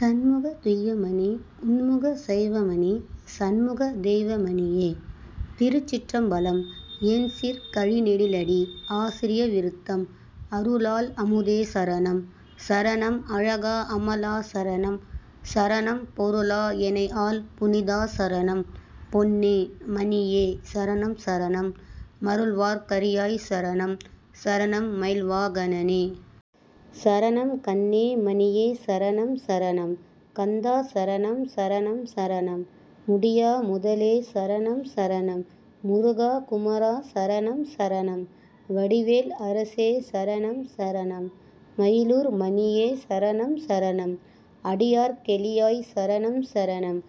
தண்முகத் துய்யமணி உண்முகச் சைவமணி சண்முகத் தெய்வமணியே. திருச்சிற்றம்பலம். எண்சீர்க் கழிநெடிலடி ஆசிரிய விருத்தம் அருளார் அமுதே சரணம் சரணம் அழகா அமலா சரணம் சரணம் பொருளா எனைஆள் புனிதா சரணம் பொன்னே மணியே சரணம் சரணம் மருள்வார்க் கரியாய் சரணம் சரணம் மயில்வா கனனே சரணம் கண்ணே மணியே சரணம் சரணம் கந்தா சரணம் சரணம் சரணம் முடியா முதலே சரணம் சரணம் முருகா குமரா சரணம் சரணம் வடிவேல் அரசே சரணம் சரணம் மயிலூர் மணியே சரணம் சரணம் அடியார்க் கெளியாய் சரணம் சரணம்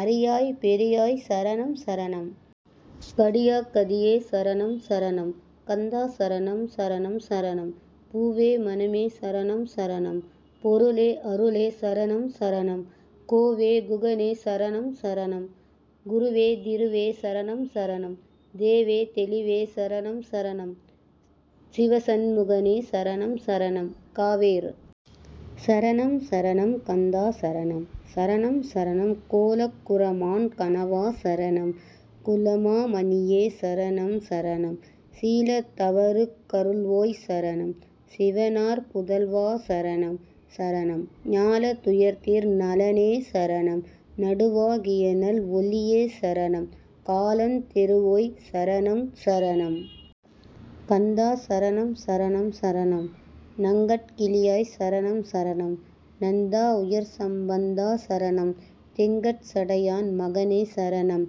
அரியாய் பெரியாய் சரணம் சரணம் கடியாக் கதியே சரணம் சரணம் கந்தா சரணம் சரணம் சரணம் பூவே மணமே சரணம் சரணம் பொருளே அருளே சரணம் சரணம் கோவே குகனே சரணம் சரணம் குருவே திருவே சரணம் சரணம் தேவே தெளிவே சரணம் சரணம் சிவசண் முகனே சரணம் சரணம் காவேர் சரணம் சரணம் கந்தா சரணம் சரணம் சரணம் கோலக் குறமான் கணவா சரணம் குலமா மணியே சரணம் சரணம் சீலத் தவருக் கருள்வோய்சரணம் சிவனார் புதல்வா சரணம் சரணம் ஞாலத் துயர்தீர் நலனே சரணம் நடுவா கியநல் ஒளியே சரணம் காலன் தெறுவோய் சரணம் சரணம் கந்தா சரணம் சரணம் சரணம் நங்கட் கிளியாய் சரணம் சரணம் நந்தா உயர்சம் பந்தா சரணம் திங்கட் சடையான் மகனே சரணம்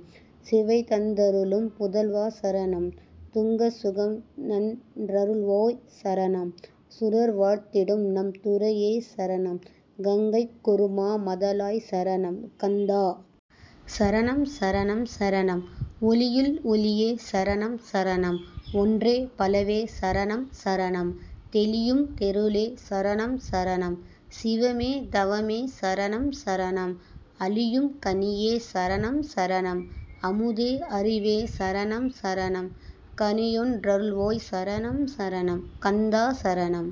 சிவைதந் தருளும் புதல்வா சரணம் துங்கச் சுகம்நன் றருள்வோய் சரணம் சுரர்வாழ்த் திடுநம் துரையே சரணம் கங்கைக் கொருமா மதலாய் சரணம் கந்தா சரணம் சரணம் சரணம் ஒளியுள் ஒளியே சரணம் சரணம் ஒன்றே பலவே சரணம் சரணம் தெளியும் தெருளே சரணம் சரணம் சிவமே தவமே சரணம் சரணம் அளியும் கனியே சரணம் சரணம் அமுதே அறிவே சரணம் சரணம் களியொன் றருள்வோய் சரணம் சரணம் கந்தா சரணம்